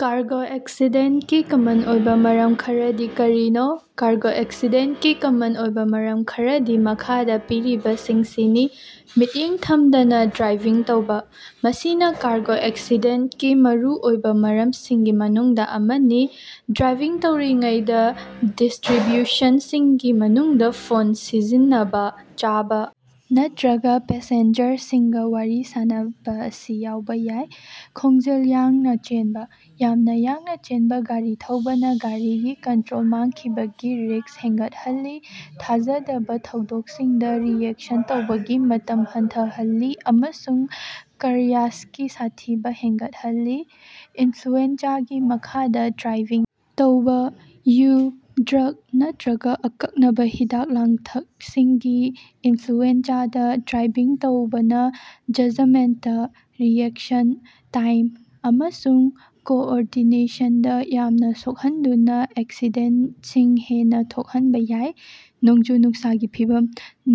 Cargo ꯑꯦꯛꯁꯤꯗꯦꯟꯇꯀꯤ common ꯑꯣꯏꯕ ꯃꯔꯝ ꯈꯔꯗꯤ ꯀꯔꯤꯅꯣ? ꯀꯥꯔꯒꯣ ꯑꯦꯛꯁꯤꯗꯦꯟꯇꯀꯤ ꯀꯃꯟ ꯑꯣꯏꯕ ꯃꯔꯝ ꯈꯔꯗꯤ ꯃꯈꯥꯗ ꯄꯤꯔꯤꯕꯁꯤꯡꯁꯤꯅꯤ: ꯃꯤꯠꯌꯦꯡ ꯊꯝꯗꯅ ꯗ꯭ꯔꯥꯏꯚꯤꯡ ꯇꯧꯕ: ꯃꯁꯤꯅ ꯀꯥꯔꯒꯣ ꯑꯦꯛꯁꯤꯗꯦꯟꯇꯀꯤ ꯃꯔꯨꯑꯣꯏꯕ ꯃꯔꯝꯁꯤꯡꯒꯤ ꯃꯅꯨꯡꯗ ꯑꯃꯅꯤ꯫ ꯗ꯭ꯔꯥꯏꯚꯤꯡ ꯇꯧꯔꯤꯉꯩꯗ ꯗꯤꯁꯇ꯭ꯔꯤꯕ꯭ꯌꯨꯁꯟꯁꯤꯡꯒꯤ ꯃꯅꯨꯡꯗ ꯐꯣꯟ ꯁꯤꯖꯤꯟꯅꯕ, ꯆꯥꯕ ꯅꯠꯇ꯭ꯔꯒ ꯄꯦꯁꯦꯟꯖꯔꯁꯤꯡꯒ ꯋꯥꯔꯤ ꯁꯥꯅꯕ ꯑꯁꯤ ꯌꯥꯎꯕ ꯌꯥꯏ꯫ ꯈꯣꯡꯖꯦꯜ ꯌꯥꯡꯅ ꯆꯦꯟꯕ: ꯌꯥꯝꯅ ꯌꯥꯡꯅ ꯆꯦꯟꯕ ꯒꯥꯔꯤ ꯊꯧꯕꯅ ꯒꯥꯔꯤꯒꯤ ꯀꯟꯇ꯭ꯔꯣꯜ ꯃꯥꯡꯈꯤꯕꯒꯤ ꯔꯤꯁꯛ ꯍꯦꯟꯒꯠꯍꯜꯂꯤ, ꯊꯥꯖꯗꯕ ꯊꯧꯗꯣꯛꯁꯤꯡꯗ ꯔꯤꯑꯦꯛꯁꯟ ꯇꯧꯕꯒꯤ ꯃꯇꯝ ꯍꯟꯊꯍꯜꯂꯤ ꯑꯃꯁꯨꯡ ꯀꯔꯌꯥꯁꯀꯤ ꯁꯥꯊꯤꯕ ꯍꯦꯟꯒꯠꯍꯜꯂꯤ꯫ ꯏꯟꯐ꯭ꯂꯨꯑꯦꯟꯖꯥꯒꯤ ꯃꯈꯥꯗ ꯗ꯭ꯔꯥꯏꯚꯤꯡ ꯇꯧꯕꯥ: ꯌꯨ, ꯗ꯭ꯔꯒ ꯅꯠꯇ꯭ꯔꯒ ꯑꯀꯛꯅꯕ ꯍꯤꯗꯥꯛ-ꯂꯥꯡꯊꯛꯁꯤꯡꯒꯤ ꯏꯟꯐ꯭ꯂꯨꯑꯦꯟꯖꯥꯗ ꯗ꯭ꯔꯥꯏꯚꯤꯡ ꯇꯧꯕꯅ ꯖꯖꯃꯦꯟꯇ, ꯔꯤꯑꯦꯛꯁꯟ ꯇꯥꯏꯝ ꯑꯃꯁꯨꯡ ꯀꯣꯑꯣꯔꯗꯤꯅꯦꯁꯟꯗ ꯌꯥꯝꯅ ꯁꯣꯛꯍꯟꯗꯨꯅ ꯑꯦꯛꯁꯤꯗꯦꯟꯇꯁꯤꯡ ꯍꯦꯟꯅ ꯊꯣꯛꯍꯟꯕ ꯌꯥꯏ꯫ ꯅꯣꯡꯖꯨ-ꯅꯨꯡꯁꯥꯒꯤ ꯐꯤꯚꯝ: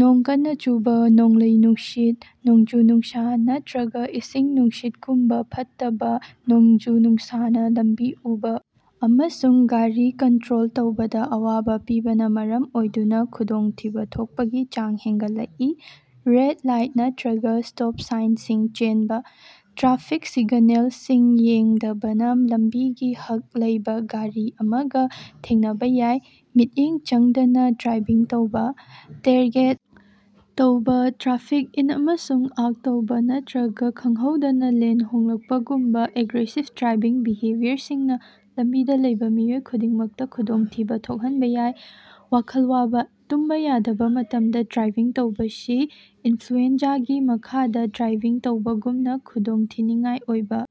ꯅꯣꯡ ꯀꯟꯅ ꯆꯨꯕ, ꯅꯣꯡꯂꯩ-ꯅꯨꯡꯁꯤꯠ, ꯅꯣꯡꯖꯨ-ꯅꯨꯡꯁꯥ, ꯅꯠꯇ꯭ꯔꯒ ꯏꯁꯤꯡ-ꯅꯨꯡꯁꯤꯠꯒꯨꯝꯕ ꯐꯠꯇꯕ ꯅꯣꯡꯖꯨ-ꯅꯨꯡꯁꯥꯅ ꯂꯝꯕꯤ ꯎꯕ ꯑꯃꯁꯨꯡ ꯒꯥꯔꯤ ꯀꯟꯇ꯭ꯔꯣꯜ ꯇꯧꯕꯗ ꯑꯋꯥꯕ ꯄꯤꯕꯅ ꯃꯔꯝ ꯑꯣꯏꯗꯨꯅ ꯈꯨꯗꯣꯡꯊꯤꯕ ꯊꯣꯛꯄꯒꯤ ꯆꯥꯡ ꯍꯦꯟꯒꯠꯂꯛꯏ꯫ ꯔꯦꯗ ꯂꯥꯏꯠ ꯅꯠꯇ꯭ꯔꯒ ꯁ꯭ꯇꯣꯞ ꯁꯥꯏꯟꯁꯤꯡ ꯆꯦꯟꯕ: ꯇ꯭ꯔꯥꯐꯤꯛ ꯁꯤꯒꯅꯦꯜꯁꯤꯡ ꯌꯦꯡꯗꯕꯅ ꯂꯝꯕꯤꯒꯤ ꯍꯛ ꯂꯩꯕ ꯒꯥꯔꯤ ꯑꯃꯒ ꯊꯦꯡꯅꯕ ꯌꯥꯏ꯫ ꯃꯤꯠꯌꯦꯡ ꯆꯪꯗꯅ ꯗ꯭ꯔꯥꯏꯚꯤꯡ ꯇꯧꯕ: ꯇꯦꯔꯒꯦꯠ ꯇꯧꯕ, ꯇ꯭ꯔꯥꯐꯤꯛ ꯏꯟ ꯑꯃꯁꯨꯡ ꯑꯥꯎꯠ ꯇꯧꯕ ꯅꯠꯇ꯭ꯔꯒ ꯈꯪꯍꯧꯗꯅ ꯂꯦꯟ ꯍꯣꯡꯂꯛꯄꯒꯨꯝꯕ ꯑꯦꯒ꯭ꯔꯦꯁꯤꯚ ꯗ꯭ꯔꯥꯏꯚꯤꯡ ꯕꯤꯍꯦꯕꯤꯌꯔꯁꯤꯡꯅ ꯂꯝꯕꯤꯗ ꯂꯩꯕ ꯃꯤꯑꯣꯏ ꯈꯨꯗꯤꯡꯃꯛꯇ ꯈꯨꯗꯣꯡꯊꯤꯕ ꯊꯣꯛꯍꯟꯕ ꯌꯥꯏ꯫ ꯋꯥꯈꯜ ꯋꯥꯕ: ꯇꯨꯝꯕ ꯌꯥꯗꯕ ꯃꯇꯝꯗ ꯗ꯭ꯔꯥꯏꯚꯤꯡ ꯇꯧꯕꯁꯤ ꯏꯟꯐ꯭ꯂꯨꯑꯦꯟꯖꯥꯒꯤ ꯃꯈꯥꯗ ꯗ꯭ꯔꯥꯏꯚꯤꯡ ꯇꯧꯕꯒꯨꯝꯅ ꯈꯨꯗꯣꯡꯊꯤꯅꯤꯉꯥꯏ ꯑꯣꯏꯕ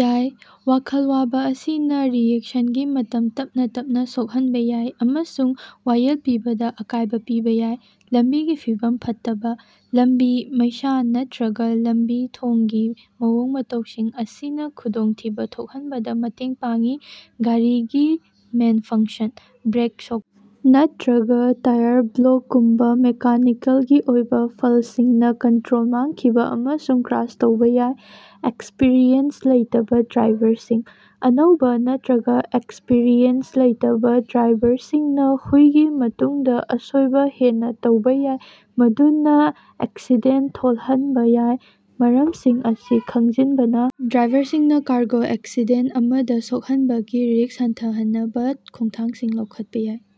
ꯌꯥꯏ꯫ ꯋꯥꯈꯜ ꯋꯥꯕ ꯑꯁꯤꯅ ꯔꯤꯑꯦꯛꯁꯟꯒꯤ ꯃꯇꯝ ꯇꯞꯅ ꯇꯞꯅ ꯁꯣꯛꯍꯟꯕ ꯌꯥꯏ ꯑꯃꯁꯨꯡ ꯋꯥꯌꯦꯜ ꯄꯤꯕꯗ ꯑꯀꯥꯌꯕ ꯄꯤꯕ ꯌꯥꯏ꯫ ꯂꯝꯕꯤꯒꯤ ꯐꯤꯚꯝ ꯐꯠꯇꯕ: ꯂꯝꯕꯤ, ꯃꯩꯁꯥ, ꯅꯠꯇ꯭ꯔꯒꯥ ꯂꯝꯕꯤ-ꯊꯣꯡꯒꯤ ꯃꯑꯣꯡ-ꯃꯇꯧꯁꯤꯡ ꯑꯁꯤꯅ ꯈꯨꯗꯣꯡꯊꯤꯕ ꯊꯣꯛꯍꯟꯕꯗ ꯃꯇꯦꯡ ꯄꯥꯡꯏ꯫ ꯒꯥꯔꯤꯒꯤ ꯃꯦꯟꯐꯪꯁꯟ: ꯕ꯭ꯔꯦꯛ ꯁꯣꯛꯄ ꯅꯠꯇ꯭ꯔꯒ ꯇꯌꯥꯔ ꯕ꯭ꯂꯣꯛꯀꯨꯝꯕ ꯃꯦꯀꯥꯅꯤꯀꯦꯜꯒꯤ ꯑꯣꯏꯕ ꯐꯜꯁꯤꯡꯅ ꯀꯟꯇ꯭ꯔꯣꯜ ꯃꯥꯡꯈꯤꯕ ꯑꯃꯁꯨꯡ ꯀ꯭ꯔꯥꯁ ꯇꯧꯕ ꯌꯥꯏ꯫ ꯑꯦꯛꯁꯄꯤꯔꯤꯑꯦꯟꯁ ꯂꯩꯇꯕ ꯗ꯭ꯔꯥꯏꯚꯔꯁꯤꯡ: ꯑꯅꯧꯕ ꯅꯠꯇ꯭ꯔꯒ ꯑꯦꯛꯁꯄꯤꯔꯤꯑꯦꯟꯁ ꯂꯩꯇꯕ ꯗ꯭ꯔꯥꯏꯚꯔꯁꯤꯡꯅ ꯍꯨꯏꯒꯤ ꯃꯇꯨꯡꯗ ꯑꯁꯣꯏꯕ ꯍꯦꯟꯅ ꯇꯧꯕ ꯌꯥꯏ ꯃꯗꯨꯅ ꯑꯦꯛꯁꯤꯗꯦꯟꯇ ꯊꯣꯜꯍꯟꯕ ꯌꯥꯏ꯫ ꯃꯔꯝꯁꯤꯡ ꯑꯁꯤ ꯈꯪꯖꯤꯟꯕꯅ ꯗ꯭ꯔꯥꯏꯚꯔꯁꯤꯡꯅ ꯀꯥꯔꯒꯣ ꯑꯦꯛꯁꯤꯗꯦꯟꯇ ꯑꯃꯗ ꯁꯣꯛꯍꯟꯕꯒꯤ ꯔꯤꯁꯛ ꯍꯟꯊꯍꯟꯅꯕ ꯈꯣꯡꯊꯥꯡꯁꯤꯡ ꯂꯧꯈꯠꯄ ꯌꯥꯏ꯫